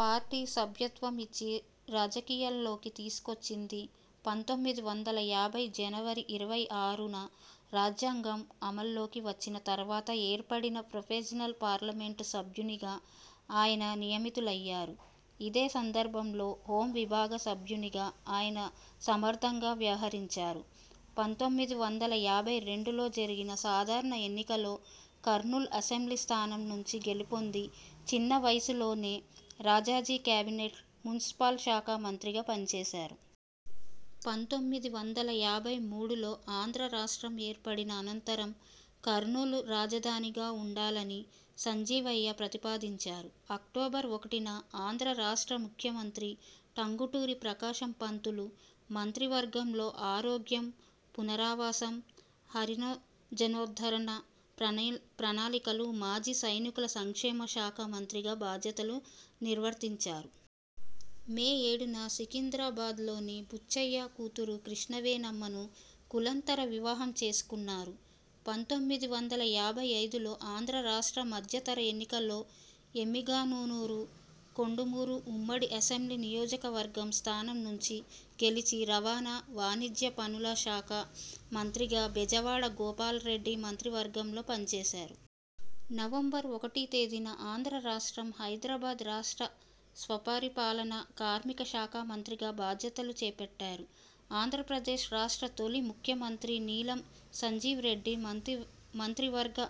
Party సభ్యత్వం ఇచ్చి, రాజకీయాల్లోకి తీసుకొచ్చింది. పంతొమ్మిది వందల యాభై జనవరి ఇరవై ఆరున రాజ్యాంగం అమలులోకి వచ్చిన తరువాత ఏర్పడిన ప్రొవిజినల్ పార్లమెంటు సభ్యునిగా ఆయన నియమితులయ్యారు. ఇదే సందర్భంలో హోం విభాగ సభ్యునిగా ఆయన సమర్థంగా వ్యవహరించారు. పంతొమ్మిది వందల యాభై రెండులో జరిగిన సాధారణ ఎన్నికలో కర్నూలు అసెంబ్లీ స్థానం నుంచి గెలుపొంది, చిన్న వయసులోనే రాజాజి కేబినెట్లో మున్సిపల్ శాఖ మంత్రిగా పనిచేశారు. పంతొమ్మిది వందల యాభై మూడులో ఆంధ్ర రాష్ట్రం ఏర్పడిన అనంతరం కర్నూలు రాజధానిగా ఉండాలని సంజీవయ్య ప్రతిపాదించారు. అక్టోబర్ ఒకటిన ఆంధ్ర రాష్ట్ర ముఖ్యమంత్రి టంగుటూరి ప్రకాశం పంతులు మంత్రి వర్గంలో ఆరోగ్యం, పునరావాసం, హరినజనోద్ధరణ, ప్రణయ్ ప్రణాళికలు, మాజీ సైనికుల సంక్షేమ శాఖ మంత్రిగా బాధ్యతలు నిర్వర్తించారు. మే ఏడున సికిందరాబాద్లోని బుచ్చయ్య కూతురు కృష్ణవేణమ్మను కులాంతర వివాహం చేసుకున్నారు. పంతొమ్మిది వందల యాభై ఐదులో ఆంధ్ర రాష్ట్ర మధ్యతర ఎన్నికల్లో ఎమ్మిగనూరు కోడుమూరు ఉమ్మడి అసెంబ్లీ నియోజకవర్గం స్థానం నుంచి గెలిచి రవాణా, వాణిజ్య పన్నుల శాఖ మంత్రిగా బెజవాడ గోపాల్రెడ్డి మంత్రివర్గంలో పనిచేశారు. నవంబర్ ఒకటితేదిన ఆంధ్ర రాష్ట్రం హైదరాబాద్ రాష్ట్ర స్వపరిపాలన, కార్మిక శాఖ మంత్రిగా బాధ్యతలు చేపట్టారు. ఆంధ్రప్రదేశ్ రాష్ట్ర తొలి ముఖ్యమంత్రి నీలం సంజీవరెడ్డి మంత్రి మంత్రివర్గ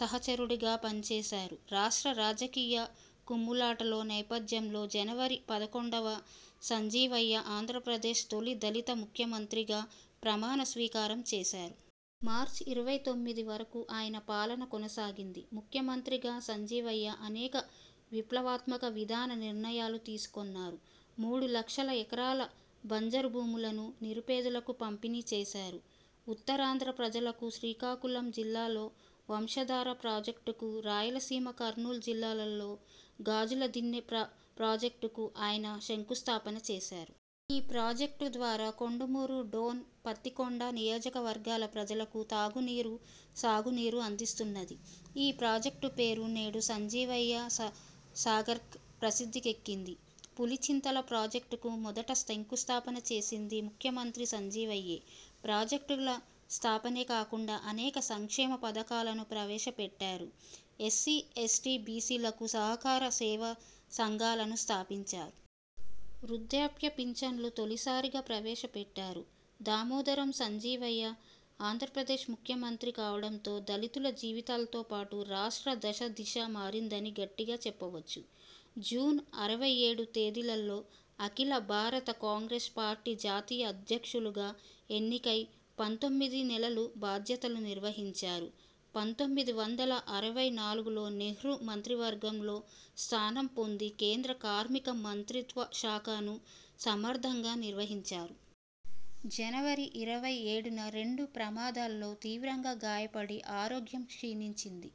సహచరుడుగా పనిచేశారు. రాష్ట్ర రాజకీయ కుమ్ములాటలో నేపథ్యంలో జనవరి పదకొండున సంజీవయ్య ఆంధ్రప్రదేశ్ తొలి దళిత ముఖ్యమంత్రిగా ప్రమాణ స్వీకారం చేశారు. మార్చి ఇరవై తొమ్మిది వరకు ఆయన పాలన కొనసాగింది. ముఖ్యమంత్రిగా సంజీవయ్య అనేక విప్లవాత్మక విధాన నిర్ణయాలు తీసుకొన్నారు. మూడు లక్షల ఎకరాల బంజరు భూములను నిరుపేదలకు పంపిణీ చేశారు. ఉత్తరాంధ్ర ప్రజలకు శ్రీకాకుళం జిల్లాలో వంశధార ప్రాజెక్టుకు, రాయలసీమ కర్నూలు జిల్లాలో గాజుల దిన్నె ప్రా ప్రాకెక్టుకు ఆయన శంకుస్థాపన చేశారు. ఈ ప్రాజెక్టు ద్వారా కోండుమూరు, డోన్, పత్తికొండ నియోజకవర్గాల ప్రజలకు తాగునీరు, సాగునీరు అందిస్తున్నది. ఈ ప్రాజెక్టుపేరు నేడు సంజీవయ్య సాగర్ ప్రసిద్ధికెక్కింది. పులిచింతల ప్రాజెక్టుకు మొదట శంకుస్థాపన చేసింది ముఖ్యమంత్రి సంజీవయ్యే. ప్రాజెక్టుల స్థాపనే కాకుండా అనేక సంక్షేమ పథకాలను ప్రవేశపెట్టారు. ఎస్సీ, ఎస్ట, బీసీలకు సహకార సేవా సంఘాలను స్థాపించారు. వృద్ధాప్య పించన్లు తొలిసారిగా ప్రవేశపెట్టారు. దామోదరం సంజీవయ్య ఆంధ్రప్రదేశ్ ముఖ్యమంత్రి కావడంతో దళితుల జీవితాలతోపాటు రాష్ట్ర దశ, దిశ మారిందని గట్టిగా చెప్పవచ్చు. జూన్ అరవై ఏడు తేదీలలో అఖిల భారత కాంగ్రెస్ పార్టీ జాతీయ అధ్యక్షులుగా ఎన్నికై పంతొమ్మిది నెలలు బాధ్యతలు నిర్వహించారు. పంతొమ్మిది వందల అరవై నాలుగులో నెహ్రూ మంత్రివర్గంలో స్థానం పొంది కేంద్ర కార్మిక మంత్ర్వి శాఖను సమర్థంగా నిర్వహించారు. జనవరి ఇరవై ఏడున రోడ్డు ప్రమాదాల్లో తీవ్రంగా గాయపడి ఆరోగ్యం క్షీణించింది.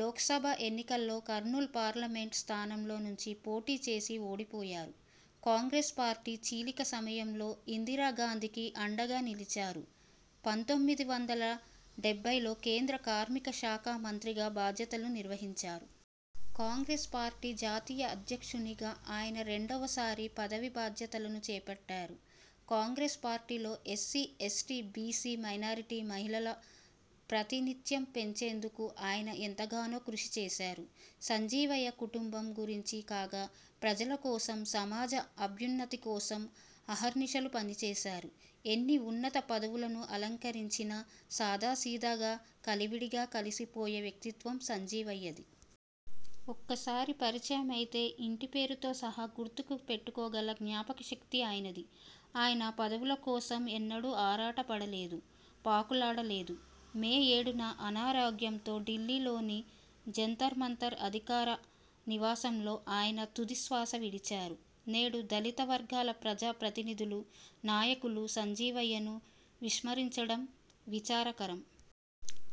లోక్సభ ఎన్నికల్లో్ కర్నూలు పార్లమెంట్ స్థానంలో నుంచి పోటీ చేసి ఓడిపోయారు. కాంగ్రెస్ పార్టీ చీలిక సమయంలో ఇందిరా గాంధీకి అండగా నిలిచారు. పంతొమ్మిది వందల డెబ్బైలో కేంద్ర కార్మిక శాఖ మంత్రిగా బాధ్యతలు నిర్వహించారు. కాంగ్రెస్ పార్ఠీ జాతీయ అధ్యక్షునిగా ఆయన రెండవసారి పదవీ బాధ్యతలను చేపట్టారు. కాంగ్రెస్ పార్టీలో ఎస్సీ, ఎస్టీ, బీసీ మైనారిటీ, మహిళల ప్రతినిధ్యం పెంచేందుకు ఆయన ఎంతగానో కృషి చేశారు. సంజీవయ్య కుటుంబం గురించి కాక, ప్రజల కోసం, సమాజ అభ్యున్నతికోసం అహర్నిశలు పనిచేశారు. ఎన్ని ఉన్నత పదవులను అలంకరించినా సాదాసీదాగా కలివిడిగా కలిసిపోయే వ్యక్తిత్వం సంజీవయ్యది. ఒక్కసారి పరిచయమైతే ఇంటిపేరుతో సహా గుర్తుకు పెట్టుకోగల జ్ఞాపకశక్తి ఆయనది. ఆయన పదవులకోసం ఎన్నడూ ఆరాట పడలేదు, పాకులాడలేదు. మే ఏడున అనారోగ్యంతో ఢిల్లీలోని జంతర్మంతర్ అధికార నివాసంలో ఆయన తుది శ్వాస విడిచారు. నేడు దళిత వర్గాల ప్రజా ప్రతినిధులు, నాయకులు సంజీవయ్యను విస్మరించడం విచారకరం.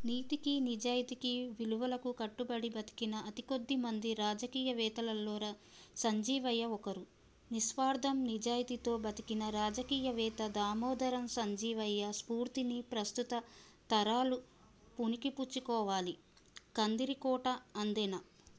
నీతికి నిజాయితికి విలువలకు కట్టుబడి బతికిన అతికొద్ది మంది రాజకీయవేత్తలలో సంజీవయ్య ఒకరు. నిస్వార్థం, నిజాయితీతో బతికిన రాజకీయవేత్త దామోదరం సంజీవయ్య స్ఫూర్తిని ప్రస్తుత తరాలు పుణికిపుచ్చుకోవాలి. కందిరికోట ఆదెన్న